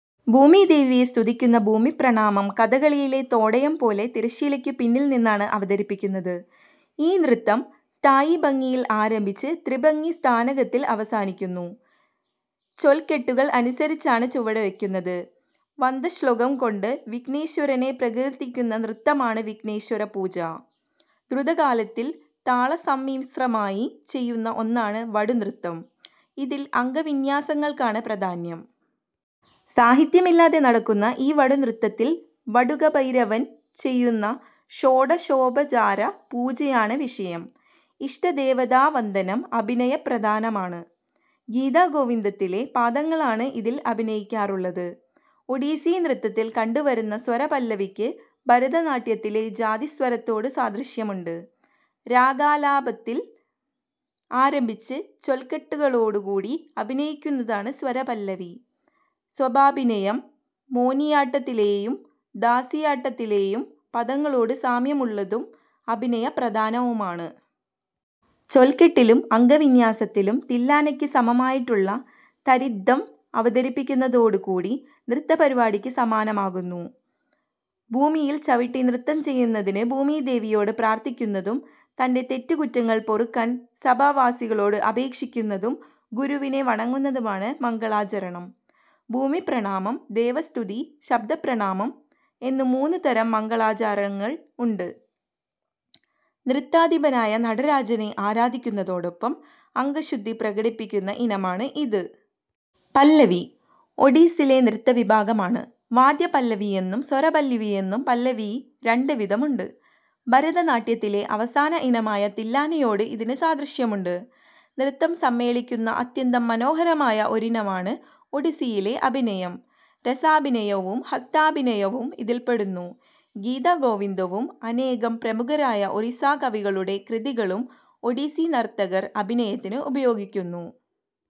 ഭൂമിദേവിയെ സ്തുതിക്കുന്ന ഭൂമിപ്രണാമം കഥകളിയിലെ തോടയം പോലെ തിരശീലയ്ക്കു പിന്നിൽ നിന്നാണ് അവതരിപ്പിക്കുന്നത്. ഈ നൃത്തം സ്ഥായിഭംഗിയിൽ ആരഭിച്ച് ത്രിഭംഗി സ്ഥാനകത്തിൽ അവസാനിക്കുന്നു. ചൊൽക്കെട്ടുകൾ അനുസരിച്ചാണ് ചുവടുവയ്ക്കുന്നത്. വന്ദശ്ലൊകം കൊണ്ട് വിഘ്നേശ്വരനെ പ്രകീർത്തിക്കുന്ന നൃത്തമാണ് വിഘ്നേശ്വരപൂജ. ദ്രുതകാലത്തിൽ താളസമ്മിശ്രമായി ചെയ്യുന്ന ഒന്നാണ് വടുനൃത്തം. ഇതിൽ അംഗവിന്യാസങ്ങൾക്കാണ് പ്രാധാന്യം. സാഹിത്യമില്ലാതെ നടത്തുന്ന ഈ വടുനൃത്തത്തിൽ വടുകഭൈരവൻ ചെയ്യുന്ന ഷോഡശോപചാര പൂജയാണ് വിഷയം. ഇഷ്ടദേവതാവന്ദനം അഭിനയപ്രധാനമാണ്. ഗീതഗോവിന്ദത്തിലെ പദങ്ങളാണ് ഇതിൽ അഭിനയിക്കാറുള്ളത്. ഒഡീസി നൃത്തത്തിൽ കണ്ടുവരുന്ന സ്വരപല്ലവിക്ക് ഭരതനാട്യത്തിലെ ജാതിസ്വരത്തോടു സാദൃശ്യമുണ്ട്. രാഗാലാപത്തിൽ ആരംഭിച്ച് ചൊൽക്കെട്ടുകളോടുകൂടി അഭിനയിക്കുന്നതാണ് സ്വരപല്ലവി. സഭാഭിനയം മോനിയാട്ടത്തിലേയും ദാസിയാട്ടത്തിലെയും പദങ്ങളോട് സാമ്യമുള്ളതും അഭിനയ പ്രധാനവുമാണ്. ചൊൽക്കെട്ടിലും അംഗവിന്യാസത്തിലും തില്ലാനയ്ക്കു സമമായിട്ടുള്ള തരിത്ധം അവതരിപ്പിക്കുന്നതോടുകൂടി നൃത്തപരിപാടിക്ക് സമാപനമാകുന്നു. ഭൂമിയിൽ ചവിട്ടി നൃത്തം ചെയ്യുന്നതിനു ഭൂമിദേവിയോട് പ്രാർത്ഥിക്കുന്നതും തന്റെ തെറ്റുകുറ്റങ്ങൾ പൊറുക്കാൻ സഭാവാസികളോട് അപേക്ഷിക്കുന്നതും, ഗുരുവിനെ വണങ്ങുന്നതുമാണ് "മംഗളാചരണം". ഭൂമിപ്രണാമം, ദേവസ്തുതി, ശബ്ദപ്രണാമം, എന്നു മൂന്നു തരം മംഗളാചരണങ്ങൾ ഉണ്ട്. നൃത്താധിപനായ നടരാജനെ ആരാധിക്കുന്നതോടൊപ്പം അംഗശുദ്ധി പ്രകടിപ്പിക്കുന്ന ഇനമാണ് ഇത്. പല്ലവി" ഒഡിസ്സിയിലെ നൃത്തവിഭാഗമാണ്. വാദ്യപല്ലവിയെന്നും, സ്വരപല്ലവിയെന്നും പല്ലവി രണ്ട് വിധം ഉണ്ട്. ഭരതനാട്യത്തിലെ അവസാന ഇനമായ തില്ലാനയോട് ഇതിനു് സാദൃശ്യമുണ്ട്. നൃത്തം സമ്മേളിക്കുന്ന അത്യന്തം മനോഹരമായ ഒരിനമാണ് ഒഡിസ്സിയിലെ "അഭിനയം". രസാഭിനയവും ഹസ്താഭിനയവും ഇതിൽപെടുന്നു. ഗീതഗോവിന്ദവും, അനേകം പ്രമുഖരായ ഒറിസ്സാകവികളുടെ കൃതികളും ഒഡിസ്സി നർത്തകർ അഭിനയത്തിനു ഉപയോഗിക്കുന്നു.